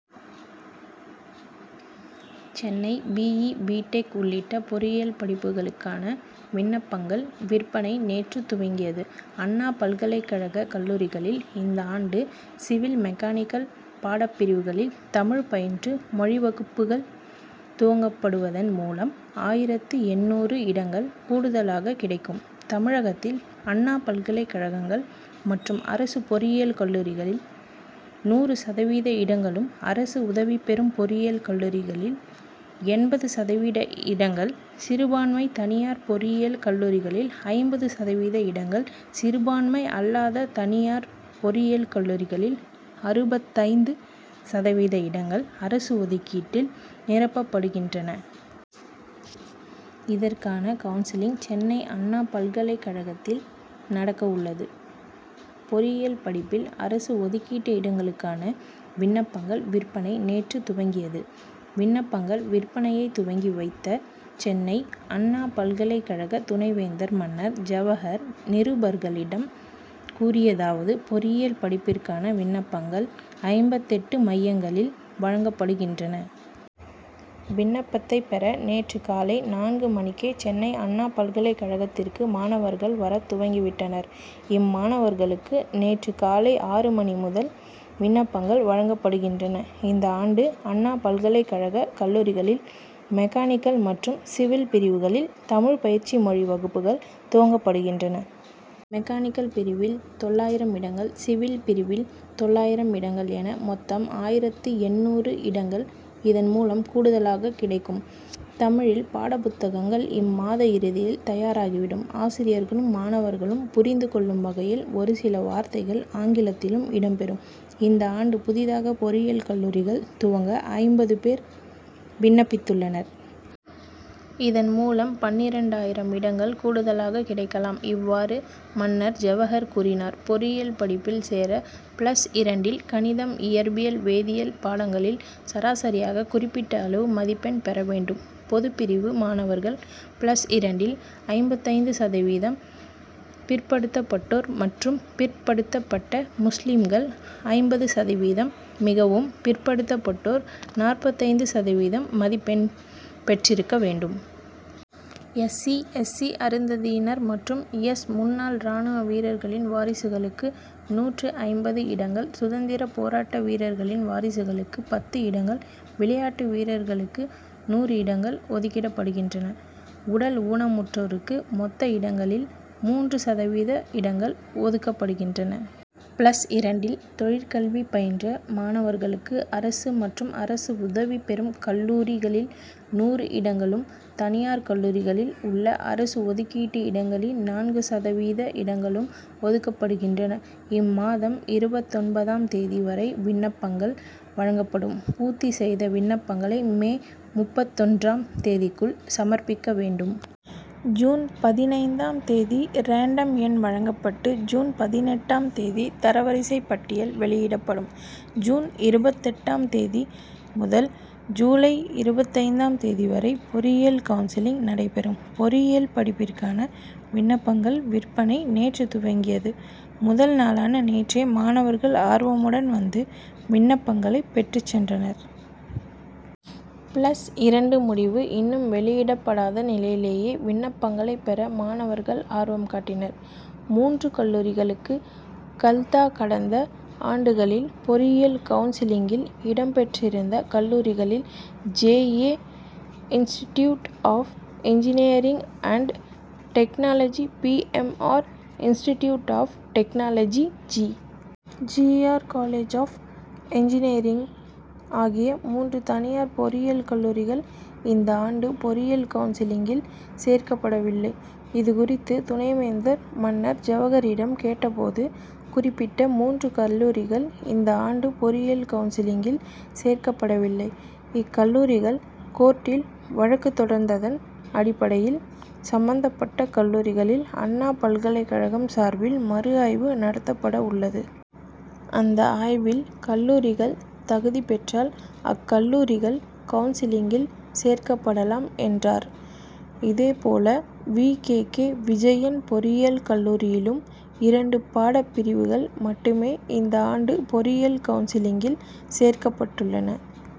Chennai B. E. B. Tech. உள்ளிட்ட பொறியியல் படிப்புகளுக்கான விண்ணப்பங்கள் விற்பனை நேற்று துவங்கியது. அண்ணா பல்கலைக் கழக கல்லூரிகளில் இந்த ஆண்டு சிவில் மெக்கானிக்கல் பாடப்பிரிவுகளில் தமிழ் பயின்று மொழி வகுப்புகள் துவங்கப்படுவதன் மூலம் ஆயிரத்து எண்ணூறு இடங்கள் கூடுதலாக கிடைக்கும். தமிழகத்தில் அண்ணா பல்கலைக் கழகங்கள் மற்றும் அரசு பொறியியல் கல்லூரிகளில் நூறு சதவீத இடங்களும் அரசு உதவிபெறும் பொறியியல் கல்லூரிகளில் எண்பது சதவீத இடங்கள் சிறுபான்மை தனியார் பொறியியல் கல்லூரிகளில் ஐம்பது சதவீத இடங்கள் சிறுபான்மை அல்லாத தனியார் பொறியியல் கல்லூரிகளில் அறுபத்தைந்து சதவீத இடங்கள் அரசு ஒதுக்கீட்டில் நிரப்பப்படுகின்றன. இதற்கான கவுன்சிலிங் சென்னை அண்ணா பல்கலைக் கழகத்தில் நடக்கவுள்ளது. பொறியியல் படிப்பில் அரசு ஒதுக்கீட்டு இடங்களுக்கான விண்ணப்பங்கள் விற்பனை நேற்று துவங்கியது. விண்ணப்பங்கள் விற்பனையை துவக்கி வைத்த சென்னை அண்ணா பல்கலைக் கழக துணைவேந்தர் மன்னர் ஜவகர் நிருபர்களிடம் கூறியதாவது பொறியியல் படிப்பிற்கான விண்ணப்பங்கள் ஐம்பத்தெட்டு மையங்களில் வழங்கப்படுகின்றன. விண்ணப்பத்தை பெற நேற்று காலை நான்கு மணிக்கே சென்னை அண்ணா பல்கலைக் கழகத்திற்கு மாணவர்கள் வரத் துவங்கி விட்டனர். இம்மாணவர்களுக்கு நேற்று காலை ஆறு மணி முதல் விண்ணப்பங்கள் வழங்கப்படுகின்றன. இந்த ஆண்டு அண்ணா பல்கலைக் கழக கல்லூரிகளில் மெக்கானிக்கல் மற்றும் சிவில் பிரிவுகளில் தமிழ் பயிற்சி மொழி வகுப்புகள் துவங்கப்படுகின்றன. மெக்கானிக்கல் பிரிவில் தொள்ளாயிரம் இடங்கள் சிவில் பிரிவில் தொள்ளாயிரம் இடங்கள் என மொத்தம் ஆயிரத்து எண்ணூறு இடங்கள் இதன்மூலம் கூடுதலாக கிடைக்கும். தமிழில் பாடப்புத்தகங்கள் இம்மாத இறுதியில் தயாராகிவிடும். ஆசிரியர்களும் மாணவர்களும் புரிந்து கொள்ளும் வகையில் ஒரு சில வார்த்தைகள் ஆங்கிலத்திலும் இடம்பெறும். இந்த ஆண்டு புதிதாக பொறியியல் கல்லூரிகள் துவங்க ஐம்பது பேர் விண்ணப்பித்துள்ளனர். இதன்மூலம் பன்னிரண்டு ஆயிரம் இடங்கள் கூடுதலாக கிடைக்கலாம். இவ்வாறு மன்னர் ஜவகர் கூறினார் பொறியியல் படிப்பில் சேர பிளஸ் இரண்டில் கணிதம் இயற்பியல் வேதியியல் பாடங்களில் சராசரியாக குறிப்பிட்ட அளவு மதிப்பெண் பெற வேண்டும். பொதுப்பிரிவு மாணவர்கள் பிளஸ் இரண்டில் ஐம்பத்தைந்து சதவீதம் பிற்படுத்தப்பட்டோர் மற்றும் பிற்படுத்தப்பட்ட முஸ்லிம்கள் ஐம்பது சதவீதம் மிகவும் பிற்படுத்தப்பட்டோர் நாற்பத்தைந்து சதவீதம் மதிப்பெண் பெற்றிருக்க வேண்டும். எஸ். சி. எஸ். சி. அருந்ததியினர் மற்றும் எஸ். முன்னாள் ராணுவ வீரர்களின் வாரிசுகளுக்கு நூற்று ஐம்பது இடங்கள் சுதந்திரப் போராட்ட வீரர்களின் வாரிசுகளுக்கு பத்து இடங்கள் விளையாட்டு வீரர்களுக்கு நூறு இடங்கள் ஒதுக்கிடப்படுகின்றன. உடல் ஊனமுற்றோருக்கு மொத்த இடங்களில் மூன்று சதவீத இடங்கள் ஒதுக்கப்படுகின்றன. பிளஸ் இரண்டில் தொழிற்கல்வி பயின்ற மாணவர்களுக்கு அரசு மற்றும் அரசு உதவிபெறும் கல்லூரிகளில் நூறு இடங்களும் தனியார் கல்லூரிகளில் உள்ள அரசு ஒதுக்கீட்டு இடங்களில் நான்கு சதவீத இடங்களும் ஒதுக்கப்படுகின்றன. இம்மாதம் இருபத்தொன்பதாம் தேதி வரை விண்ணப்பங்கள் வழங்கப்படும். பூர்த்தி செய்த விண்ணப்பங்களை மே முப்பத்தொன்றாம் தேதிக்குள் சமர்ப்பிக்க வேண்டும். ஜூன் பதினைந்தாம் தேதி ரேண்டம் எண் வழங்கப்பட்டு ஜூன் பதினெட்டாம் தேதி தரவரிசைப் பட்டியல் வெளியிடப்படும். ஜூன் இருபத்தெட்டாம் தேதி முதல் ஜூலை இருபத்தைந்தாம் தேதி வரை பொறியியல் கவுன்சிலிங் நடைபெறும். பொறியியல் படிப்பிற்கான விண்ணப்பங்கள் விற்பனை நேற்று துவங்கியது. முதல் நாளான நேற்றே மாணவர்கள் ஆர்வமுடன் வந்து விண்ணப்பங்களை பெற்றுச் சென்றனர். பிளஸ் இரண்டு முடிவு இன்னும் வெளியிடப்படாத நிலையிலேயே விண்ணப்பங்களை பெற மாணவர்கள் ஆர்வம் காட்டினர். மூன்று கல்லூரிகளுக்கு கல்தா கடந்த ஆண்டுகளில் பொறியியல் கவுன்சிலிங்கில் இடம்பெற்றிருந்த கல்லூரிகளில் J. A. Institute of engineering and technology P. M. R. Institute of technology G. G. R. College of engineering ஆகிய மூன்று தனியார் பொறியியல் கல்லூரிகள் இந்த ஆண்டு பொறியியல் கவுன்சிலிங்கில் சேர்க்கப்படவில்லை. இதுகுறித்து துணைவேந்தர் மன்னர் ஜவகரிடம் கேட்டபோது குறிப்பிட்ட மூன்று கல்லூரிகள் இந்த ஆண்டு பொறியியல் கவுன்சிலிங்கில் சேர்க்கப்படவில்லை. இக்கல்லூரிகள் கோர்ட்டில் வழக்கு தொடர்ந்ததன் அடிப்படையில் சம்பந்தப்பட்ட கல்லூரிகளில் அண்ணா பல்கலைக் கழகம் சார்பில் மறு ஆய்வு நடத்தப்படவுள்ளது. அந்த ஆய்வில் கல்லூரிகள் தகுதி பெற்றால் அக்கல்லூரிகள் கவுன்சிலிங்கில் சேர்க்கப்படலாம் என்றார். இதேபோல வி. கே. கே. விஜயன் பொறியியல் கல்லூரியிலும் இரண்டு பாடப்பிரிவுகள் மட்டுமே இந்த ஆண்டு பொறியியல் கவுன்சிலிங்கில் சேர்க்கப்பட்டுள்ளன.